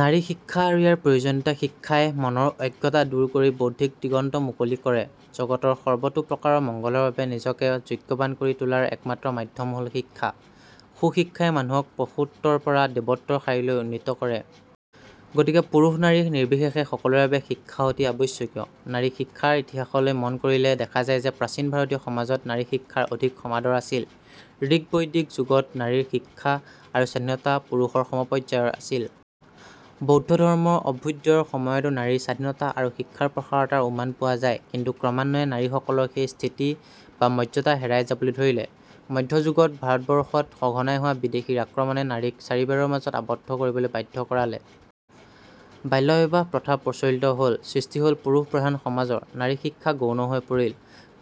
নাৰী শিক্ষা আৰু ইয়াৰ প্ৰয়োজনীয়তা শিক্ষাই মনৰ অজ্ঞতা দূৰ কৰি বৌদ্ধিক দিগন্ত মুকলি কৰে, জগতৰ সৰ্বতো প্ৰকাৰৰ মংগলৰ বাবে নিজকে যোগ্যবান কৰি তোলাৰ একমাত্ৰ মাধ্যম হ'ল শিক্ষা। সু শিক্ষাই মানুহক পশুত্বৰ পৰা দেৱত্বৰ শাৰীলৈ উন্নীত কৰে। গতিকে পুৰুষ-নাৰী নিৰ্বিশেষে সকলোৰে বাবে শিক্ষা অতি আৱশ্যকীয়। নাৰী শিক্ষাৰ ইতিহাসলৈ মন কৰিলে দেখা যায় প্ৰাচীন ভাৰতীয় সমাজত নাৰী শিক্ষাৰ অধিক সমাদৰ আছিল। ঋক্ বৈদিক যুগত নাৰীৰ শিক্ষা আৰু স্বাধীনতা পুৰুষৰ সমপৰ্যায়ৰ আছিল। বৌদ্ধ ধৰ্মৰ অভ্যুদয়ৰ সময়তো নাৰীৰ স্বাধীনতা আৰু শিক্ষাৰ প্ৰসাৰতাৰ উমান পোৱা যায়। কিন্তু ক্ৰমান্বয়ে নাৰীসকলৰ সেই স্থিতি বা মৰ্যদা হেৰাই যাবলৈ ধৰিল। মধ্য যুগত ভাৰতবৰ্ষত সঘনাই হোৱা বিদেশীৰ আক্ৰমণে নাৰীক চাৰিবেৰৰ মাজত আবদ্ধ কৰিবলৈ বাধ্য কৰালে। বাল্যবিবাহ প্ৰথা প্ৰচলিত হ'ল। সৃষ্টি হল পুৰুষ প্ৰধান সমাজৰ। নাৰী শিক্ষা গৌণ হৈ পৰিল।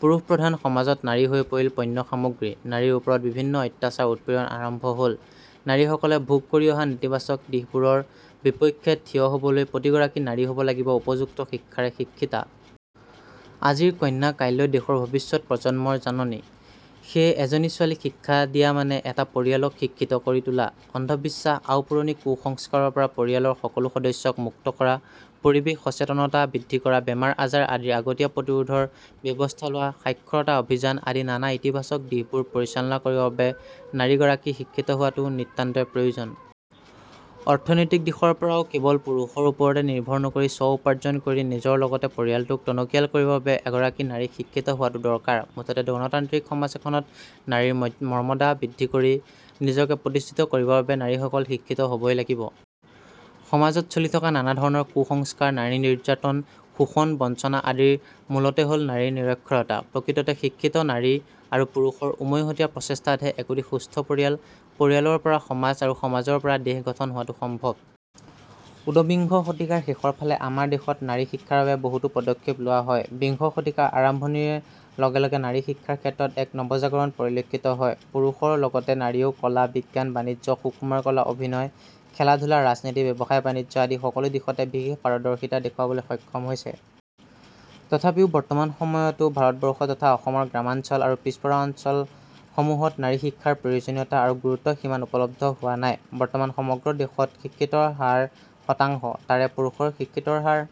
পুৰুষ প্ৰধান সমাজত নাৰী হৈ পৰিল পণ্য সামগ্ৰী। নাৰীৰ ওপৰত বিভিন্ন অত্যাচাৰ উৎপীড়ন আৰম্ভ হল। নাৰীসকলে ভোগ কৰি অহা নেতিবাচক দিশবোৰৰ বিপক্ষে থিয় হ 'বলৈ প্ৰতিগৰাকী নাৰী হব লাগিব উপযুক্ত শিক্ষাৰে শিক্ষিতা। আজিৰ কন্যা কাইলৈ দেশৰ ভৱিষ্যৎ প্ৰজন্মৰ জননী। সেয়ে এজনী ছোৱালীক শিক্ষা দিয়া মানে এটা পৰিয়ালক শিক্ষিত কৰি তোলা। অন্ধ-বিশ্বাস, আওপুৰণি কু-সংস্কাৰৰ পৰা পৰিয়ালৰ সকলো সদস্যক মুক্ত কৰা, পৰিৱেশ সচেতনতা বৃদ্ধি কৰা, বেমাৰ-আজাৰ আদিৰ আগতীয়া প্ৰতিৰোধৰ ব্যৱস্থা লোৱা, সাক্ষৰতা অভিযান আদি নানা ইতিবাচক দিশবোৰ পৰিচালনা কৰিবৰ বাবে নাৰী গৰাকী শিক্ষিত হোৱাটো নিতান্তই প্ৰয়োজন। অৰ্থনৈতিক দিশৰ পৰাও কেৱল পুৰুষৰ ওপৰতে নিৰ্ভৰ নকৰি স্ব-উপাৰ্জন কৰি নিজৰ লগতে পৰিয়ালটোক টনকিয়াল কৰিবৰ বাবে এগৰাকী নাৰী শিক্ষিত হোৱাটো দৰকাৰ। মুঠতে গণতান্ত্ৰিক সমাজ এখনত নাৰীৰ মৰ্মদা বৃদ্ধি কৰি, নিজকে প্ৰতিষ্ঠিত কৰিবৰ বাবে নাৰী সকল শিক্ষিত হবই লাগিব। সমাজত চলি থকা নানা ধৰণৰ কু-সংস্কাৰ, নাৰী নিৰ্যাতন, শোষণ, বঞ্চনা আদিৰ মূলতে হল নাৰীৰ নিৰক্ষৰতা। প্ৰকৃততে শিক্ষিত নাৰী আৰু পুৰুষৰ উমৈহতীয়া প্ৰচেষ্টাতহে একোটি সুস্থ পৰিয়াল, পৰিয়ালৰ পৰা সমাজ আৰু সমাজৰ পৰা দেশ গঠন হোৱাটো সম্ভব। ঊনবিংশ শতিকাৰ শেষৰফালে আমাৰ দেশত নাৰী শিক্ষাৰ বাবে বহুতো পদক্ষেপ লোৱা হয়। বিংশ শতিকাৰ আৰম্ভণিৰ লগে লগে নাৰী শিক্ষাৰ ক্ষেত্ৰত এক নৱজাগৰণ পৰিলক্ষিত হয়। পুৰুষৰ লগতে নাৰীয়েও কলা, বিজ্ঞান, বাণিজ্য, সুকুমাৰ কলা, অভিনয়, খেলা-ধূলা, ৰাজনীতি, ব্যৱসায়-বাণিজ্য আদি সকলো দিশতে বিশেষ পাৰদৰ্শিতা দেখুৱাবলৈ সক্ষম হৈছে। তথাপিও বৰ্তমান সময়তো ভাৰতবৰ্ষ তথা অসমৰ গ্ৰামাঞ্চল আৰু পিছপৰা অঞ্চল সমূহত নাৰী শিক্ষাৰ প্ৰয়োজনীয়তা আৰু গুৰুত্ব সিমান উপলব্ধ হোৱা নাই। বৰ্তমান সমগ্ৰ দেশত শিক্ষিতৰ হাৰ শতাংশ। তাৰে পুৰুষৰ শিক্ষিতৰ হাৰ